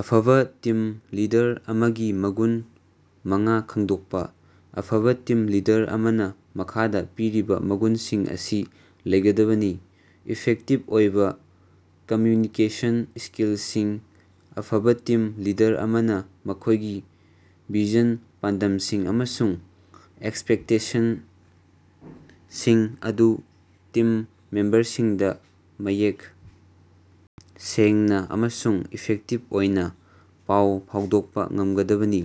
ꯑꯐꯕꯥ team leader ꯑꯃꯒꯤ ꯃꯒꯨꯟ ꯃꯉꯥ ꯈꯡꯗꯣꯛꯄ꯫ ꯑꯐꯕ ꯇꯤꯝ ꯂꯤꯗꯔ ꯑꯃꯅ ꯃꯈꯥꯗ ꯄꯤꯔꯤꯕ ꯃꯒꯨꯟꯁꯤꯡ ꯑꯁꯤ ꯂꯩꯒꯗꯕꯅꯤ: ꯏꯐꯦꯛꯇꯤꯚ ꯑꯣꯏꯕꯥ ꯀꯝꯃ꯭ꯌꯨꯅꯤꯀꯦꯁꯟ ꯁ꯭ꯀꯤꯜꯁꯤꯡ: ꯑꯐꯕ ꯇꯤꯝ ꯂꯤꯗꯔ ꯑꯃꯅ ꯃꯈꯣꯢꯒꯤ ꯚꯤꯖꯟ, ꯄꯥꯟꯗꯝꯁꯤꯡ ꯑꯃꯁꯨꯡ ꯑꯦꯛꯁꯄꯦꯛꯇꯦꯁꯟꯁꯤꯡ ꯑꯗꯨ ꯇꯤꯝ ꯃꯦꯝꯕꯔꯁꯤꯡꯗ ꯃꯌꯦꯛ ꯁꯦꯡꯅ ꯑꯃꯁꯨꯡ ꯏꯐꯦꯛꯇꯤꯚ ꯑꯣꯏꯅ ꯄꯥꯎ ꯐꯥꯎꯗꯣꯛꯄ ꯉꯝꯒꯗꯕꯅꯤ꯫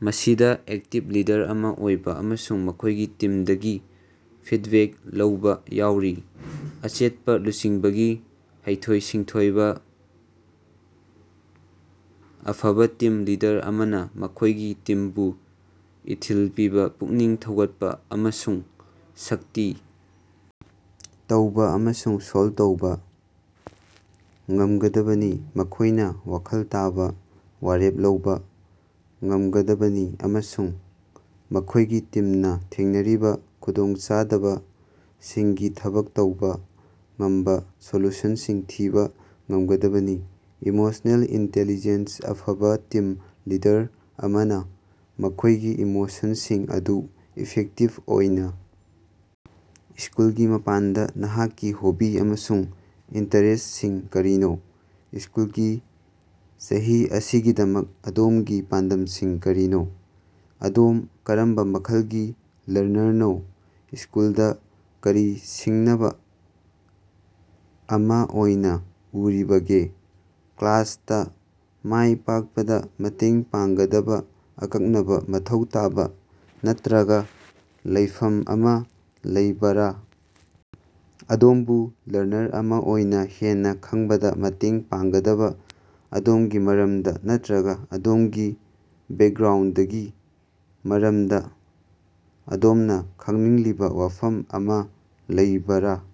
ꯃꯁꯤꯗꯥ ꯑꯦꯛꯇꯤꯕ ꯂꯤꯗꯔ ꯑꯃ ꯑꯣꯏꯕ ꯑꯃꯁꯨꯡ ꯃꯈꯣꯢꯒꯤ ꯇꯤꯝꯗꯒꯤ ꯐꯤꯗꯕꯦꯛ ꯂꯧꯕꯥ ꯌꯥꯎꯔꯤ꯫ ꯑꯆꯦꯠꯄ ꯂꯨꯆꯤꯡꯕꯒꯤ ꯍꯩꯊꯣꯏ-ꯁꯤꯡꯊꯣꯏꯕꯥ: ꯑꯐꯕ ꯇꯤꯝ ꯂꯤꯗꯔ ꯑꯃꯅ ꯃꯈꯣꯢꯒꯤ ꯇꯤꯝꯕꯨ ꯏꯊꯤꯜ ꯄꯤꯕꯥ ꯄꯨꯛꯅꯤꯡ ꯊꯧꯒꯠꯄ ꯑꯃꯁꯨꯡ ꯁꯛꯇꯤ ꯇꯧꯕ ꯑꯃꯁꯨꯡ ꯁꯣꯜꯕ ꯇꯧꯕ ꯉꯝꯒꯗꯕꯅꯤ꯫ ꯃꯈꯣꯢꯅ ꯋꯥꯈꯜ ꯇꯥꯕ ꯋꯥꯔꯦꯞ ꯂꯧꯕ ꯉꯝꯒꯗꯕꯅꯤ ꯑꯃꯁꯨꯡ ꯃꯈꯣꯢꯒꯤ ꯇꯤꯝꯅ ꯊꯦꯡꯅꯔꯤꯕ ꯈꯨꯗꯣꯡꯆꯥꯗꯕꯁꯤꯡꯒꯤ ꯊꯕꯛ ꯇꯧꯕꯥ ꯉꯝꯕꯥ ꯁꯣꯂꯨꯁꯟꯁꯤꯡ ꯊꯤꯕ ꯉꯝꯒꯗꯕꯅꯤ꯫ ꯏꯃꯣꯁꯅꯦꯜ ꯏꯟꯇꯦꯂꯤꯖꯦꯟꯁ: ꯑꯐꯕ ꯇꯤꯝ ꯂꯤꯗꯔ ꯑꯃꯅ ꯃꯈꯣꯢꯒꯤ ꯏꯃꯣꯁꯟꯁꯤꯡ ꯑꯗꯨ ꯏꯐꯦꯛꯇꯤꯕ ꯑꯣꯏꯅ ꯁ꯭ꯀꯨꯜꯒꯤ ꯃꯄꯥꯟꯗ ꯅꯍꯥꯛꯀꯤ ꯍꯣꯕꯤ ꯑꯃꯁꯨꯡ ꯏꯟꯇꯔꯦꯁ꯭ꯇꯁꯤꯡ ꯀꯔꯤꯅꯣ? ꯁ꯭ꯀꯨꯜꯒꯤ ꯆꯍꯤ ꯑꯁꯤꯒꯤꯗꯃꯛ ꯑꯗꯣꯝꯒꯤ ꯄꯥꯟꯗꯝꯁꯤꯡ ꯀꯔꯤꯅꯣ? ꯑꯗꯣꯝ ꯀꯔꯝꯕ ꯃꯈꯜꯒꯤ ꯂꯔꯅꯔꯅꯣ? ꯁ꯭ꯀꯨꯜꯗ ꯀꯔꯤ ꯁꯤꯡꯅꯕ ꯑꯃꯥ ꯑꯣꯏꯅ ꯎꯔꯤꯕꯒꯦ? ꯀ꯭ꯂꯥꯁꯇ ꯃꯥꯢ ꯄꯥꯛꯄꯗ ꯃꯇꯦꯡ ꯄꯥꯡꯒꯗꯕ ꯑꯀꯛꯅꯕ ꯃꯊꯧ ꯇꯥꯕ ꯅꯠꯇ꯭ꯔꯒ ꯂꯩꯐꯝ ꯑꯃꯥ ꯂꯩꯕꯔꯥ? ꯑꯗꯣꯝꯕꯨ ꯂꯔꯅꯔ ꯑꯃ ꯑꯣꯏꯅ ꯍꯦꯟꯅ ꯈꯪꯕꯗꯥ ꯃꯇꯦꯡ ꯄꯥꯡꯒꯗꯕ ꯑꯗꯣꯝꯒꯤ ꯃꯔꯝꯗ ꯅꯠꯇ꯭ꯔꯒ ꯑꯗꯣꯝꯒꯤ ꯕꯦꯛꯒ꯭ꯔꯥꯎꯟꯗꯒꯤ ꯃꯔꯝꯗ ꯑꯗꯣꯝꯅ ꯈꯪꯅꯤꯡꯂꯤꯕ ꯋꯥꯐꯝ ꯑꯃꯥ ꯂꯩꯕꯔꯥ?